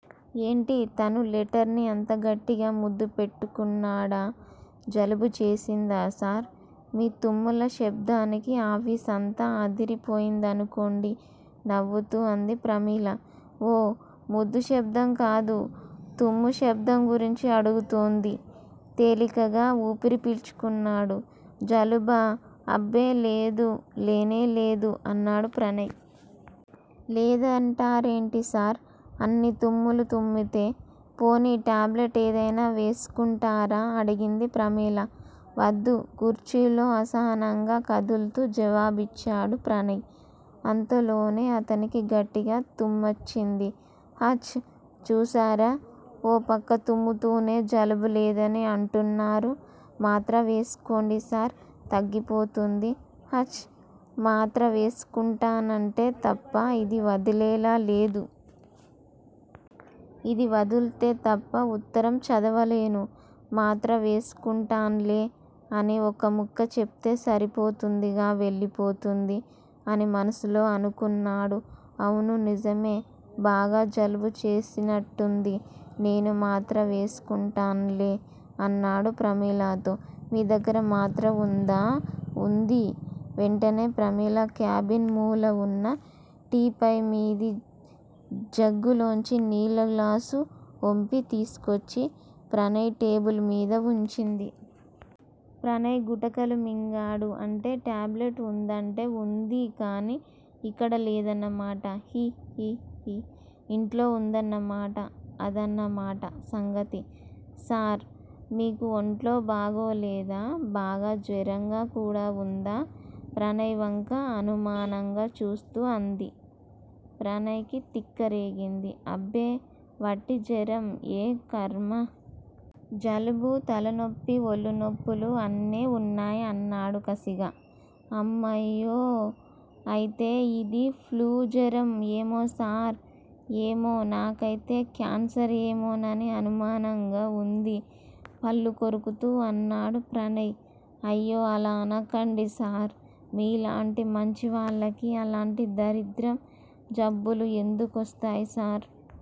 ఏంటీ? తను లెటర్ ని అంత గట్టిగా ముద్దు పెట్టుకున్నాడా? జలుబు చేసిందా సార్? మీ తుమ్ముల శబ్దానికి ఆఫీసంతా అదిరి పోయిందనుకోండి నవ్వుతూ అంది ప్రమీల. ఓ. ముద్దు శబ్దం కాదు! తుమ్ము శబ్దం గురించి అడుగుతూంది. తేలికగా ఊపిరి పీల్చుకున్నాడు. జలుబా అబ్బే లేదు లేనే లేదు అన్నాడు ప్రణయ్. లేదంటారేంటిసార్. అన్ని తుమ్ములు తుమ్మితే పోనీ టాబ్లెట్ ఏదైనా వేస్కుంటారా? అడిగింది ప్రమీల. వద్దు కుర్చీలో అసహనంగా కదుల్తూ జవాబిచ్చాడు ప్రణయ్ అంతలోనే అతనికి గట్టిగా తుమ్మొచ్చింది. హాచ్! చూశారా? ఓ పక్క తుమ్ముతూనే జలుబు లేదని అంటున్నారు. మాత్ర వేస్కోండి సార్ తగ్గిపోతుంది. 'ప్చ్ మాత్ర వేస్కుంటానంటే తప్ప ఇది వదిలేలా లేదు. ఇది వదుల్తే తప్ప ఉత్తరం చదవలేను. మాత్ర వేస్కుంటాన్లే అని ఒక్క ముక్క చెప్తే సరిపోతుందిగా వెళ్ళిపోతుంది' అని మనసులో అనుకున్నాడు. అవును నిజమే! బాగా జలుబు చేసినట్టుంది నేను మాత్ర వేసుకుంటాన్లే అన్నాడు ప్రమీలతో. మీ దగ్గర మాత్ర వుందా? ఉంది. వెంటనే ప్రమీల క్యాబిన్ మూల వున్నా టీపాయ్ మీది జగ్గులోంచి నీళ్ళు గ్లాసులోకి ఒంపి తీసుకొచ్చి ప్రణయ్ టేబుల్ మీద వుంచింది. ప్రణయ్ గుటకలు మింగాడు. అంటే టాబ్లెట్ వుందంటే వుందిగానీ ఇక్కడ లేదన్నమాట! హి హిహి ఇంట్లో వుందన్నమాట! అదన్నమాట సంగతి. సార్ మీకు ఒంట్లో బాగోలేదా? బాగా జ్వరంగా కూడా వుందా? ప్రణయ్ వంక అనుమానంగా చూస్తూ అంది. ప్రణయ్ కి తిక్క రేగింది. అబ్బే వట్టి జ్వరం ఏం ఖర్మ. జలుబూ, తలనొప్పి, ఒళ్ళు నొప్పులూ అన్నీ వున్నాయి అన్నాడు కసిగా. హమ్మయ్యో అయితే ఇది ఫ్లూజ్వరం ఏమో సార్? ఏమో! నాకైతే క్యాన్సరేమోనని అనుమానంగా వుంది పళ్ళు కొరుకుతూ అన్నాడు ప్రణయ్. అయ్యో! అలా అనకండిసార్! మీలాంటి మంచివాళ్ళకి అలాంటి దరిద్రం జబ్బులు ఎందుకొస్తాయి సార్?